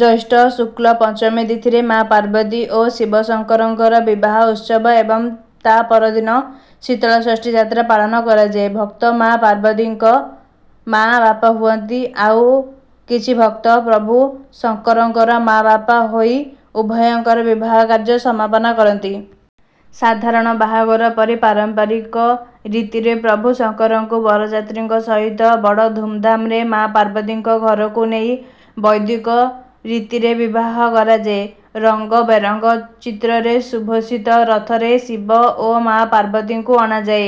ଜ୍ୟୈଷ୍ଠ ଶୁକ୍ଳ ପଞ୍ଚମୀ ତିଥିରେ ମା’ ପାର୍ବତୀ ଓ ଶିବଶଙ୍କରଙ୍କର ବିବାହ ଉତ୍ସବ ଏବଂ ତା’ପରଦିନ ଶୀତଳଷଷ୍ଠୀ ଯାତ୍ରା ପାଳନ କରାଯାଏ। ଭକ୍ତ ମା’ ପାର୍ବତୀଙ୍କ ମା’ ବାପା ହୁଅନ୍ତି ଓ ଆଉ କିଛି ଭକ୍ତ ପ୍ରଭୁ ଶଙ୍କରଙ୍କର ମା’ ବାପା ହୋଇ ଉଭୟଙ୍କର ବିବାହ କାର୍ଯ୍ୟ ସମାପନ କରନ୍ତି। ସାଧାରଣ ବାହାଘର ପରି ପାରମ୍ପରିକ ରୀତିରେ ପ୍ରଭୁ ଶଙ୍କରଙ୍କୁ ବରଯାତ୍ରୀଙ୍କ ସହିତ ବଡ଼ ଧୂମ୍‌ଧାମ୍‌ରେ ମା’ ପାର୍ବତୀଙ୍କ ଘରକୁ ନେଇ ବୈଦିକ ରୀତିରେ ବିବାହ କରାଯାଏ। ରଙ୍ଗବେରଙ୍ଗ ଚିତ୍ରରେ ସୁଶୋଭିତ ରଥରେ ଶିବ ଓ ମା’ ପାର୍ବତୀଙ୍କୁ ଅଣାଯାଏ।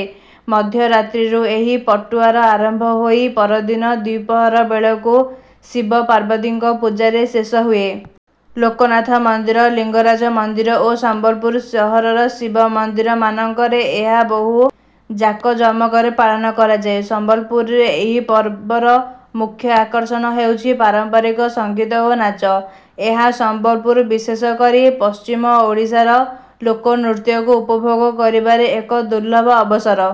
ମଧ୍ୟରାତ୍ରିରୁ ଏହି ପଟୁଆର ଆରମ୍ଭ ହୋଇ ପରଦିନ ଦ୍ୱିପ୍ରହର ବେଳକୁ ଶିବପାର୍ବତୀଙ୍କ ପୂଜାରେ ଶେଷ ହୁଏ। ଲୋକନାଥ ମନ୍ଦିର, ଲିଙ୍ଗରାଜ ମନ୍ଦିର ଓ ସମ୍ବଲପୁର ସହରର ଶିବ ମନ୍ଦିରମାନଙ୍କରେ ଏହା ବହୁ ଜାକଜମକରେ ପାଳନ କରାଯାଏ। ସମ୍ବଲପୁରରେ ଏହି ପର୍ବର ମୁଖ୍ୟ ଆକର୍ଷଣ ହେଉଛି ପାରମ୍ପରିକ ସଙ୍ଗୀତ ଓ ନାଚ। ଏହା ସମ୍ବଲପୁର, ବିଶେଷକରି ପଶ୍ଚିମ ଓଡ଼ିଶାର ଲୋକନୃତ୍ୟକୁ ଉପଭୋଗ କରିବାରେ ଏକ ଦୁର୍ଲଭ ଅବସର।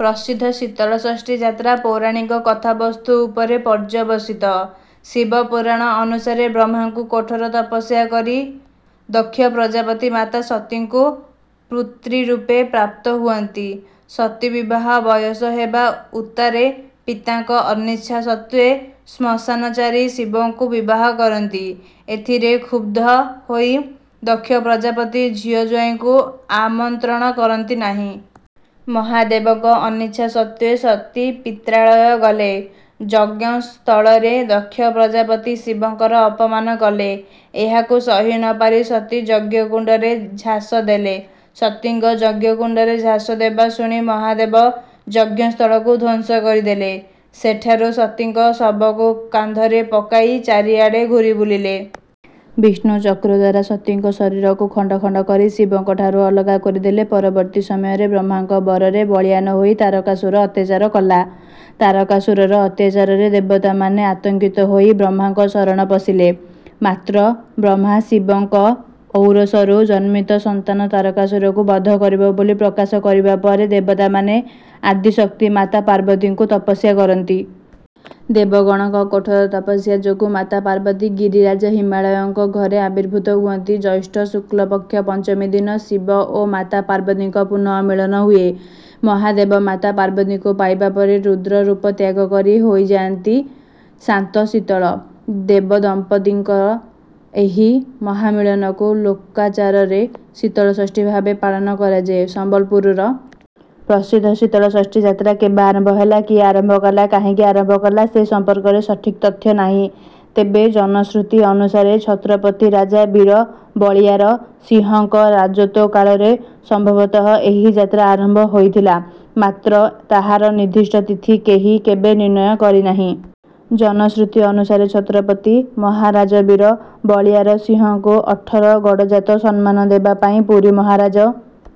ପ୍ରସିଦ୍ଧ ଶୀତଳଷଷ୍ଠୀ ଯାତ୍ରା ପୌରାଣିକ କଥାବସ୍ତୁ ଉପରେ ପର୍ଯ୍ୟବସିତ। ଶିବପୁରାଣ ଅନୁସାରେ ବ୍ରହ୍ମାଙ୍କୁ କଠୋର ତପସ୍ୟା କରି ଦକ୍ଷପ୍ରଜାପତି ମାତା ସତୀଙ୍କୁ ପୁତ୍ରୀ ରୂପେ ପ୍ରାପ୍ତ ହୁଅନ୍ତି। ସତୀ ବିବାହ ବୟସ ହେବା ଉତ୍ତାରେ ପିତାଙ୍କ ଅନିଚ୍ଛା ସତ୍ତ୍ୱେ ଶ୍ମଶାନଚାରୀ ଶିବଙ୍କୁ ବିବାହ କରନ୍ତି। ଏଥିରେ କ୍ଷୁବ୍ଧ ହୋଇ ଦକ୍ଷପ୍ରଜାପତି ଝିଅ-ଜ୍ୱାଇଁଙ୍କୁ ଆମନ୍ତ୍ରଣ କରନ୍ତି ନାହିଁ। ମହାଦେବଙ୍କ ଅନିଚ୍ଛା ସତ୍ତ୍ୱେ ସତୀ ପିତ୍ରାଳୟ ଗଲେ। ଯଜ୍ଞସ୍ଥଳରେ ଦକ୍ଷପ୍ରଜାପତି ଶିବଙ୍କର ଅପମାନ କଲେ, ଏହାକୁ ସହି ନ ପାରି ସତୀ ଯଜ୍ଞକୁଣ୍ଡରେ ଝାସ ଦେଲେ। ସତୀଙ୍କ ଯଜ୍ଞକୁଣ୍ଡରେ ଝାସ ଦେବା ଶୁଣି ମହାଦେବ ଯଜ୍ଞସ୍ଥଳକୁ ଧ୍ୱଂସ କରିଦେଲେ। ସେଠାରୁ ସତୀଙ୍କ ଶବକୁ କାନ୍ଧରେ ପକାଇ ଚାରିଆଡ଼େ ଘୂରିବୁଲିଲେ। ବିଷ୍ଣୁ ଚକ୍ର ଦ୍ୱାରା ସତୀଙ୍କ ଶରୀରକୁ ଖଣ୍ଡ ଖଣ୍ଡ କରି ଶିବଙ୍କ ଠାରୁ ଅଲଗା କରିଦେଲେ। ପରବର୍ତ୍ତୀ ସମୟରେ ବ୍ରହ୍ମାଙ୍କ ବରରେ ବଳୀୟାନ ହୋଇ ତାରକାସୁର ଅତ୍ୟାଚାର କଲା। ତାରକାସୁରର ଅତ୍ୟାଚାରରେ ଦେବତାମାନେ ଆତଙ୍କିତ ହୋଇ ବ୍ରହ୍ମାଙ୍କ ଶରଣ ପଶିଲେ। ମାତ୍ର ବ୍ରହ୍ମା, ଶିବଙ୍କ ଔରସରୁ ଜନ୍ମିତ ସନ୍ତାନ ତାରକାସୁରକୁ ବଧ କରିବ ବୋଲି ପ୍ରକାଶ କରିବା ପରେ, ଦେବତାମାନେ ଆଦିଶକ୍ତି ମାତା ପାର୍ବତୀଙ୍କୁ ତପସ୍ୟା କରନ୍ତି। ଦେବଗଣଙ୍କ କଠୋର ତପସ୍ୟା ଯୋଗୁଁ ମାତା ପାର୍ବତୀ ଗିରିରାଜ ହିମାଳୟଙ୍କ ଘରେ ଆବିର୍ଭୂତ ହୁଅନ୍ତି। ଜ୍ୟେଷ୍ଠ ଶୁକ୍ଳପକ୍ଷ ପଞ୍ଚମୀ ଦିନ ଶିବ ଓ ମାତା ପାର୍ବତୀଙ୍କ ପୁନଃମିଳନ ହୁଏ। ମହାଦେବ ମାତା ପାର୍ବତୀଙ୍କୁ ପାଇବା ପରେ ରୁଦ୍ର ରୂପ ତ୍ୟାଗ କରି ହୋଇଯାନ୍ତି ଶାନ୍ତ, ଶୀତଳ। ଦେବଦମ୍ପତିଙ୍କ ଏହି ମହାମିଳନକୁ ଲୋକାଚାରରେ ଶୀତଳଷଷ୍ଠୀ ଭାବେ ପାଳନ କରାଯାଏ। ସମ୍ବଲପୁରର ପ୍ରସିଦ୍ଧ ଶୀତଳଷଷ୍ଠୀ ଯାତ୍ରା କେବେ ଆରମ୍ଭ ହେଲା, କିଏ ଆରମ୍ଭ କଲା, କାହିଁକି ଆରମ୍ଭ କଲା ସେ ସମ୍ପର୍କରେ ସଠିକ୍ ତଥ୍ୟ ନାହିଁ। ତେବେ ଜନଶ୍ରୁତି ଅନୁସାରେ ଛତ୍ରପତି ରାଜା ବୀର ବଳିୟାର ସିଂହଙ୍କ ରାଜତ୍ୱକାଳରେ ସମ୍ଭବତଃ ଏହି ଯାତ୍ରା ଆରମ୍ଭ ହୋଇଥିଲା। ମାତ୍ର ତାହାର ନିର୍ଦ୍ଦିଷ୍ଟ ତିଥି କେହି କେବେ ନିର୍ଣ୍ଣୟ କରିନାହିଁ। ଜନଶ୍ରୁତି ଅନୁସାରେ ଛତ୍ରପତି ମହାରାଜ ବୀର ବଳିୟାର ସିଂହଙ୍କୁ ଅଠର ଗଡ଼ଜାତ ସମ୍ମାନ ଦେବା ପାଇଁ ପୁରୀ ମହାରାଜ...